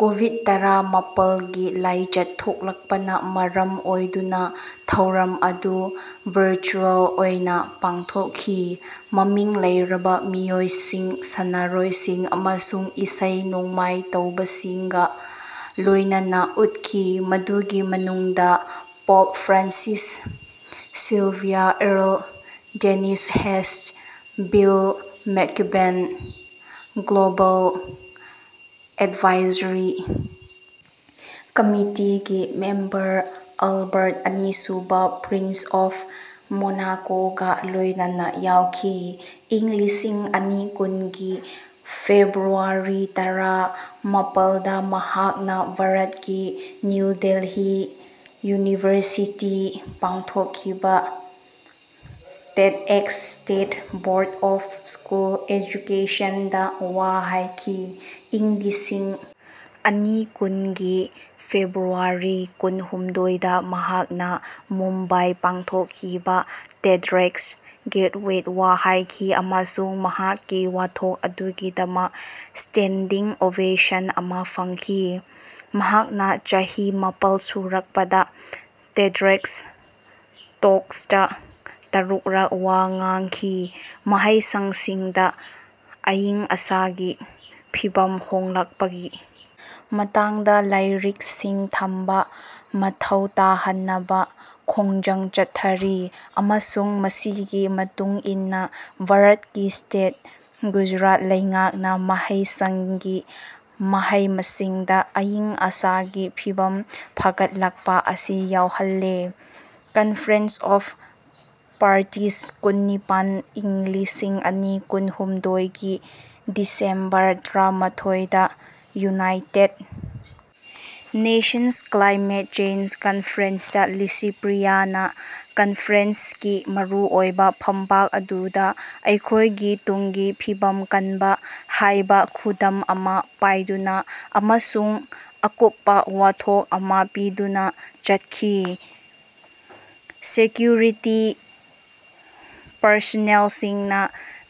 COVID- ꯇꯔꯥ ꯃꯥꯄꯜꯒꯤ ꯂꯥꯏꯆꯠ ꯊꯣꯛꯂꯛꯄꯅ ꯃꯔꯝ ꯑꯣꯏꯗꯨꯅ ꯊꯧꯔꯝ ꯑꯗꯨ ꯚꯔꯆꯨꯑꯦꯜ ꯑꯣꯏꯅ ꯄꯥꯡꯊꯣꯛꯈꯤ꯫ ꯃꯃꯤꯡ ꯂꯩꯔꯕ ꯃꯤꯑꯣꯏꯁꯤꯡ, ꯁꯥꯟꯅꯔꯣꯏꯁꯤꯡ ꯑꯃꯁꯨꯡ ꯏꯁꯩ-ꯅꯣꯡꯃꯥꯏ ꯇꯧꯕꯁꯤꯡꯒ ꯂꯣꯏꯅꯅ ꯎꯠꯈꯤ, ꯃꯗꯨꯒꯤ ꯃꯅꯨꯡꯗ Pope Francis, Sylvia Earle, Dennis Hayes, Bill McKibben, global advisory ꯀꯝꯃꯤꯇꯤꯒꯤ ꯃꯦꯝꯕꯔ ꯑꯜꯕꯔꯠ ꯑꯅꯤ ꯁꯨꯕ (ꯄ꯭ꯔꯤꯟꯁ ꯑꯣꯐ ꯃꯣꯅꯥꯀꯣ)ꯒꯥ ꯂꯣꯏꯅꯅ ꯌꯥꯎꯈꯤ꯫ꯏꯪ ꯂꯤꯁꯤꯡ ꯑꯅꯤ ꯀꯨꯟꯒꯤ ꯐꯦꯕ꯭ꯔꯨꯋꯥꯔꯤ ꯇꯔꯥ ꯃꯥꯄꯜꯗ ꯃꯍꯥꯛꯅ ꯚꯥꯔꯠꯀꯤ ꯅ꯭ꯌꯨ ꯗꯦꯜꯍꯤ ꯌꯨꯅꯤꯚꯔꯁꯤꯇꯤ ꯄꯥꯡꯊꯣꯛꯈꯤꯕ TEDx state board of school education ꯗ ꯋꯥ ꯍꯥꯏꯈꯤ꯫ ꯏꯪ ꯂꯤꯁꯤꯡ ꯑꯅꯤ ꯀꯨꯟꯒꯤ ꯐꯦꯕ꯭ꯔꯨꯋꯥꯔꯤ ꯀꯨꯟꯍꯨꯝꯗꯣꯏꯗ ꯃꯍꯥꯛꯅ ꯃꯨꯝꯕꯥꯏ ꯄꯥꯡꯊꯣꯛꯈꯤꯕ ꯇꯦꯗ꯭ꯑꯦꯛꯁ ꯒꯦꯠꯋꯦꯗ ꯋꯥ ꯍꯥꯏꯈꯤ ꯑꯃꯁꯨꯡ ꯃꯍꯥꯛꯀꯤ ꯋꯥꯊꯣꯛ ꯑꯗꯨꯒꯤꯗꯃꯛ ꯁ꯭ꯇꯦꯟꯗꯤꯡ ꯑꯣꯚꯦꯁꯟ ꯑꯃꯥ ꯐꯪꯈꯤ꯫ ꯃꯍꯥꯛꯅ ꯆꯍꯤ ꯃꯥꯄꯜ ꯁꯨꯔꯛꯄꯗ ꯇꯦꯗ꯭ꯑꯦꯛꯁ ꯇꯣꯛꯁꯇꯥ ꯇꯔꯨꯛꯔꯛ ꯋꯥ ꯉꯥꯡꯈꯤ꯫ ꯃꯍꯩꯁꯪꯁꯤꯡꯗ ꯑꯏꯪ ꯑꯁꯥꯒꯤ ꯐꯤꯚꯝ ꯍꯣꯡꯂꯛꯄꯒꯤ ꯃꯇꯥꯡꯗ ꯂꯥꯏꯔꯤꯛꯁꯤꯡ ꯇꯝꯕ ꯃꯊꯧ ꯇꯥꯍꯟꯅꯕ ꯈꯣꯡꯖꯪ ꯆꯠꯊꯔꯤ, ꯑꯃꯁꯨꯡ ꯃꯁꯤꯒꯤ ꯃꯇꯨꯡ ꯏꯟꯅ ꯚꯥꯔꯠꯀꯤ ꯁ꯭ꯇꯦꯠ ꯒꯨꯖꯔꯥꯠ ꯂꯩꯉꯥꯛꯅ ꯃꯍꯩꯁꯪꯒꯤ ꯃꯍꯩ-ꯃꯁꯤꯡꯗ ꯑꯏꯪ-ꯑꯁꯥꯒꯤ ꯐꯤꯚꯝ ꯐꯒꯠꯂꯛꯄ ꯑꯁꯤ ꯌꯥꯎꯍꯜꯂꯦ꯫ 'ꯀꯟꯐꯔꯦꯟꯁ ꯑꯣꯐ ꯄꯥꯔꯇꯤꯁ ꯀꯨꯟꯅꯤꯄꯥꯟ, ꯏꯪ ꯂꯤꯁꯤꯡ ꯑꯅꯤ ꯀꯨꯟꯍꯨꯝꯗꯣꯏꯒꯤ ꯗꯤꯁꯦꯝꯕꯔ ꯇꯔꯥꯃꯊꯣꯏꯗ, ꯌꯨꯅꯥꯏꯇꯦꯗ ꯅꯦꯁꯟꯁ ꯀ꯭ꯂꯥꯏꯃꯦꯠ ꯆꯦꯟꯖ ꯀꯟꯐꯔꯦꯟꯁꯇ ꯂꯤꯁꯤꯄ꯭ꯔꯤꯌꯥꯅ ꯀꯟꯐꯔꯦꯟꯁꯀꯤ ꯃꯔꯨꯑꯣꯏꯕ ꯐꯝꯕꯥꯛ ꯑꯗꯨꯗ ꯑꯩꯈꯣꯏꯒꯤ ꯇꯨꯡꯒꯤ ꯐꯤꯕꯝ ꯀꯟꯕ ꯍꯥꯏꯕ ꯈꯨꯗꯝ ꯑꯃ ꯄꯥꯏꯗꯨꯅ ꯑꯃꯁꯨꯡ ꯑꯀꯨꯞꯄ ꯋꯥꯊꯣꯛ ꯑꯃ ꯄꯤꯗꯨꯅ ꯆꯠꯈꯤ꯫ ꯁꯦꯀ꯭ꯌꯨꯔꯤꯇꯤ ꯄꯔꯁꯅꯦꯜꯁꯤꯡꯅ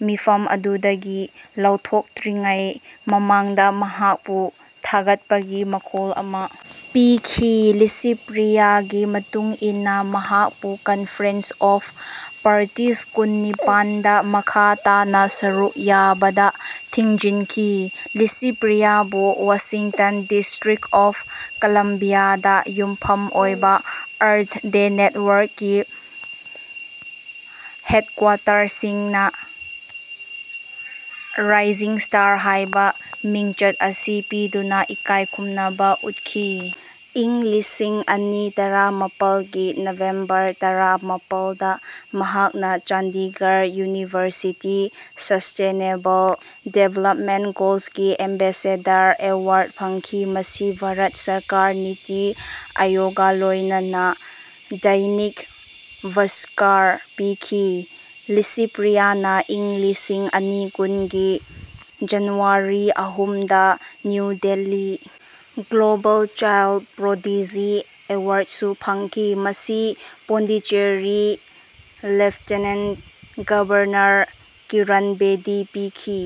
ꯃꯤꯐꯝ ꯑꯗꯨꯗꯒꯤ ꯂꯧꯊꯣꯛꯇ꯭ꯔꯤꯉꯩ ꯃꯃꯥꯡꯗ ꯃꯍꯥꯛꯄꯨ ꯊꯥꯒꯠꯄꯒꯤ ꯃꯈꯣꯜ ꯑꯃ ꯄꯤꯈꯤ꯫ ꯂꯤꯁꯤꯄ꯭ꯔꯤꯌꯥꯒꯤ ꯃꯇꯨꯡ ꯏꯟꯅ ꯃꯍꯥꯛꯄꯨ ꯀꯟꯐꯔꯦꯟꯁ ꯑꯣꯐ ꯄꯥꯔꯇꯤꯁ ꯀꯨꯟꯅꯤꯄꯥꯟꯗ ꯃꯈꯥ ꯇꯥꯅ ꯁꯔꯨꯛ ꯌꯥꯕꯗ ꯊꯤꯡꯖꯤꯟꯈꯤ꯫ꯂꯤꯁꯤꯄ꯭ꯔꯤꯌꯥꯕꯨ ꯋꯥꯁꯤꯡꯇꯟ, ꯗꯤꯁꯇ꯭ꯔꯤꯛ ꯑꯣꯐ ꯀꯂꯝꯕꯤꯌꯥ ꯗ ꯌꯨꯝꯐꯝ ꯑꯣꯏꯕ ꯑꯔꯊ ꯗꯦ ꯅꯦꯠꯋꯥꯔꯛꯀꯤ ꯍꯦꯗꯀ꯭ꯋꯥꯇꯔꯁꯤꯡꯅ ꯔꯥꯏꯖꯤꯡ ꯁ꯭ꯇꯥꯔ ꯍꯥꯏꯕ ꯃꯤꯡꯆꯠ ꯑꯁꯤ ꯄꯤꯗꯨꯅ ꯏꯀꯥꯏ ꯈꯨꯝꯅꯕ ꯎꯠꯈꯤ꯫ ꯏꯪ ꯂꯤꯁꯤꯡ ꯑꯅꯤ ꯇꯔꯥꯃꯥꯄꯜꯒꯤ ꯅꯣꯚꯦꯝꯕꯔ ꯇꯔꯥꯃꯥꯄꯜꯗ, ꯃꯍꯥꯛꯅ ꯆꯟꯗꯤꯒꯔ ꯌꯨꯅꯤꯚꯔꯁꯤꯇꯤ ꯁꯁꯇꯦꯅꯦꯕꯜ ꯗꯦꯚꯦꯂꯞꯃꯦꯟꯠ ꯒꯣꯜꯁꯒꯤ ꯑꯦꯝꯕꯦꯁꯦꯗꯔ ꯑꯦꯋꯥꯔ꯭ꯗ ꯐꯪꯈꯤ ꯃꯁꯤ ꯚꯥꯔꯠ ꯁꯔꯀꯥꯔ ꯅꯤꯇꯤ ꯑꯥꯌꯣꯒ ꯂꯣꯏꯅꯅꯥ ꯗꯩꯅꯤꯛ ꯚꯥꯁꯀꯔ ꯄꯤꯈꯤ꯫ ꯂꯤꯁꯤꯄ꯭ꯔꯤꯌꯥꯅ ꯏꯪ ꯂꯤꯁꯤꯡ ꯑꯅꯤ ꯀꯨꯟꯒꯤ ꯖꯅꯨꯋꯥꯔꯤ ꯑꯍꯨꯝꯗ New Delhi global child prodigy award ꯁꯨ ꯐꯪꯈꯤ, ꯃꯁꯤ ꯄꯣꯟꯗꯤꯆꯦꯔꯤ ꯂꯦꯐꯇꯦꯅꯦꯟꯠ ꯒꯕꯔꯅꯔ ꯀꯤꯔꯟ ꯕꯦꯗꯤ ꯄꯤꯈꯤ꯫